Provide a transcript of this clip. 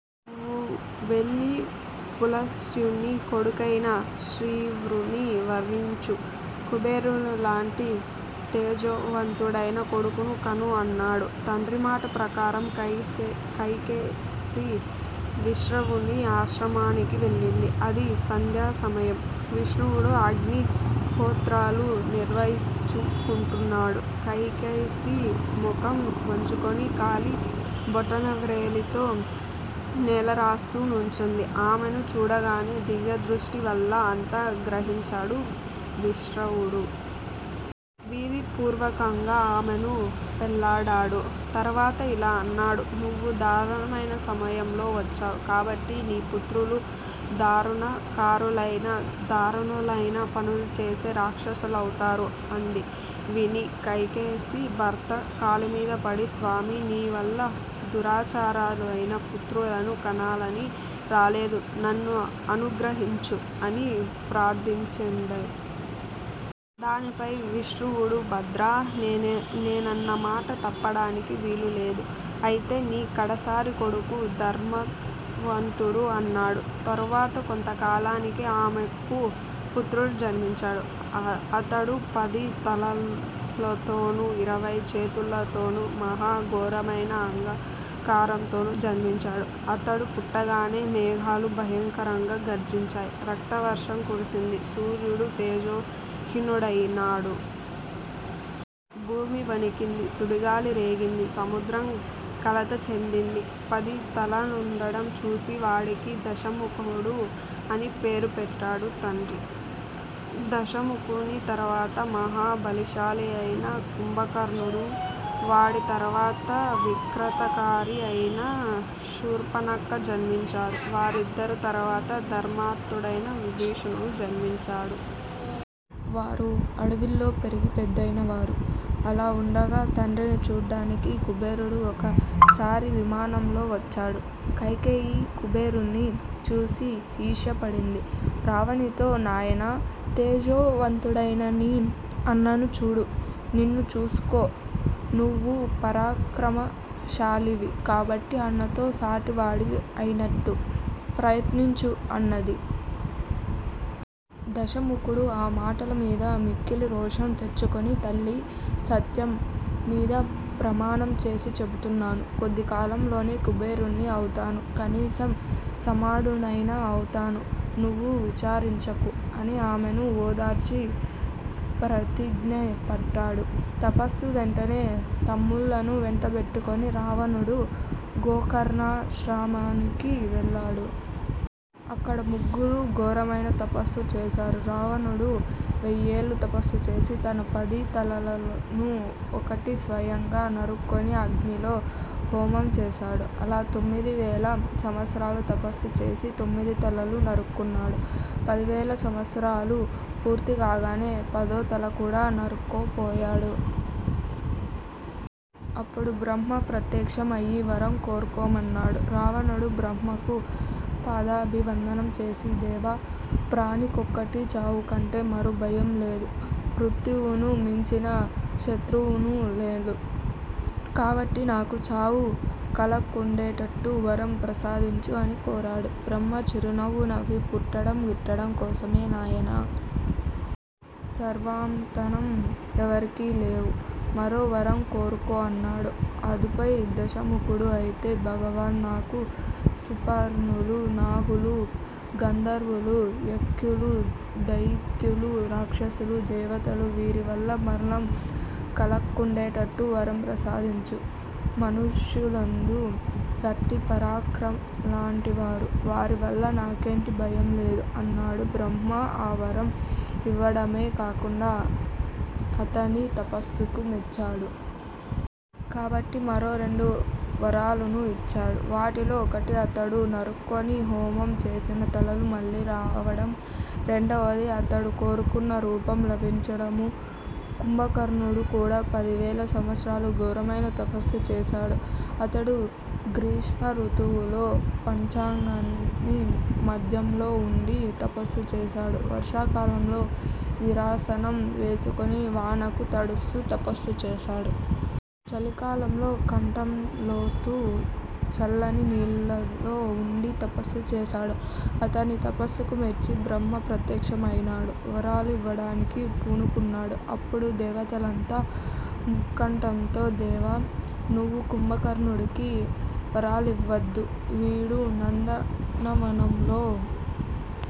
నువ్వు వెళ్ళి పులస్త్యుని కొడుకైన నిశ్రవుణ్ని వరించు. కుబేరునిలాంటి తేజోవంతుడైన కొడుకును కను అన్నాడు. తండ్రి మాట ప్రకారం కైకసి విశ్రవుడి ఆశ్రమానికి వెళ్ళింది. అది సంధ్యాసమయం, విశ్రవుడు అగ్నిహోత్రాలు నిర్వర్తించుకుంటున్నాడు. కైకసి మొగం వంచుకొని కాలి బొటనవ్రేలితో నేలరాస్తూ నుంచుంది. ఆమెను చూడగానే దివ్యదృష్టి వల్ల అంతా గ్రహించాడు విశ్రవుడు. విధిపూర్వకంగా ఆమెను పెళ్లాడాడు. తర్వాత ఇలా అన్నాడు. నువ్వు దారుణమైన సమయంలో వచ్చావు. కాబట్టి నీ పుత్రులు దారుణాకారులైన దారుణాలైన పనులు చేసే రాక్షసులవుతారు అది విని కైకసి భర్త కాళ్ళమీద పడి స్వామీ! నీవల్ల దురాచారులైన పుత్రులను కనాలని రాలేదు. నన్ను అనుగ్రహించు అని ప్రార్దించండి. దానిపై విశ్రవుడు భద్రా! నేనన్నమాట తప్పడానికి వీల్లేదు. అయితే నీ కడసారి కొడుకు ధర్మాత్ముడవుతాడు అన్నాడు. తరువాత కొంతకాలానికి ఆమెకు పుత్రుడు జన్మించాడు. అతడు పదితలల్తోనూ, ఇరవై చేతుల్తోనూ మహా ఘోరమైన ఆకారంతోనూ జన్మించాడు. అతడు పుట్టగానే మేఘాలు భయంకరంగా గర్జించాయి. రక్తవర్షం కురిసింది. సూర్యుడు తేజోహీనుడైనాడు. భూమి వణికింది. సుడిగాలి రేగింది. సముద్రం కలత చెందింది. పది తలలుండడం చూసి వాడికి దశముఖుడు అని పేరు పెట్టాడు తండ్రి. దశముఖుని తరువాత మహా బలిశాలి అయిన కుంభకర్ణుడూ, వాడి తరువాత వికృతాకారి అయిన శూర్పనఖ జన్మించారు. వారిద్దరి తరువాత ధర్మాత్ముడైన విభీషణుడు జన్మించాడు. వారు అడవుల్లో పెరిగి పెద్దవారైనారు. అలా వుండగా తండ్రిని చూడ్డానికి కుబేరుడు ఒక సారి విమానంలో వచ్చాడు. కైకసి కుబేరుణ్ణి చూసి ఈర్ష్య పడింది. రావణునితో నాయనా! తేజోవంతుడైన నీ అన్నను చూడు. నిన్నూ చూసుకో, నువ్వు పరాక్రమశాలివి. కాబట్టి అన్నతో సాటివాడివయ్యేట్టు ప్రయత్నించు అన్నది. దశముఖుడు ఆ మాటల మీద మిక్కిలి రోషం తెచ్చుకొని తల్లీ! సత్యం మీద ప్రమాణం చేసి చెపుతున్నాను. కొద్ది కాలంలోనే కుబేరుణ్ణి అవుతాను. కనీసం సమానుడనైనా అవుతాను. నువ్వు విచారించకు అని ఆమెను ఓదార్చి ప్రతిజ్ఞ పట్టాడు. తపస్సు వెంటనే తమ్ములను వెంటబెట్టుకుని రావణుడు గోకర్ణాశ్రమానికి వెళ్లాడు. అక్కడ ముగ్గురూ ఘోరమైన తపస్సు చేశారు. రావణుడు వెయ్యేళ్ళు తపస్సు చేసి, తన పది తలల్లోనూ ఒకటి స్వయంగా నరుక్కొని అగ్నిలో హోమం చేశాడు. అలా తొమ్మిది వేల సంవత్సరాలు తపస్సు చేసి తొమ్మిది తలలు నరుక్కున్నాడు. పదివేల సంవత్సరాలూ పూర్తికాగానే పదో తల కూడా నరుక్కోపోయాడు. అప్పుడు బ్రహ్మ ప్రత్యక్షం అయి వరం కోరుకోమన్నాడు. రావణుడు బ్రహ్మకు పాదాభివందనం చేసి దేవా! ప్రాణికోటికి చావుకంటే మరో భయంలేదు. మృత్యువును మించిన శత్రువున్నూ లేదు. కాబట్టి నాకు చావు కలక్కుండేట్టు వరం ప్రసాదించు అని కోరాడు. బ్రహ్మ చిరునవ్వు నవ్వి పుట్టడం గిట్టడం కోసమే నాయనా. సర్వామరత్వం ఎవరికీ లేవు. మరో వరం కోరుకో అన్నాడు. అందుపై దశముఖుడు అయితే భగవాన్! నాకు సుపర్ణులు, నాగులు, గంధర్వులు, యక్షులు, దైత్యులు, రాక్షసులు, దేవతలు వీరి వల్ల మరణం కలక్కుండేట్టు వరం ప్రసాదించు. మనుష్యాదులు గడ్డిపరకల్లాంటివారు. వారివల్ల నాకెట్టి భయంలేదు. అన్నాడు. బ్రహ్మ ఆ వరం ఇవ్వడమే కాకుండా అతని తపస్సుకు మెచ్చాడు. కాబట్టి మరో రెండు వరాలున్నూ ఇచ్చాడు. వాటిలో ఒకటి అతడు నరుక్కొని హోమం చేసిన తలలు మళ్లీ రావడం, రెండవది అతడు కోరుకున్న రూపం లభించడమూ. కుంభకర్ణుడు కూడా పదివేల సంవత్సరాలు ఘోరమైన తపస్సు చేశాడు. అతడు గ్రీష్మరుతువులో పంచాగ్ని మధ్యంలో వుండి తపస్సుచేశాడు. వర్షాకాలంలో వీరాసనం వేసుకొని వానకు తడుస్తూ తపస్సుచేశాడు. చలికాలంలో కంఠంలోతు చల్లని నీళ్ళలో వుండి తపస్సు చేశాడు. అతని తపస్సుకు మెచ్చి బ్రహ్మ ప్రత్యక్షం అయినాడు. వరాలు ఇవ్వడానికి పూనుకున్నాడు. అప్పుడు దేవతలంతా ముక్తకంఠంతో దేవా! నువ్వు కుంభకర్ణుడికి వరాలివ్వవద్దు. వీడు నందనవనంలో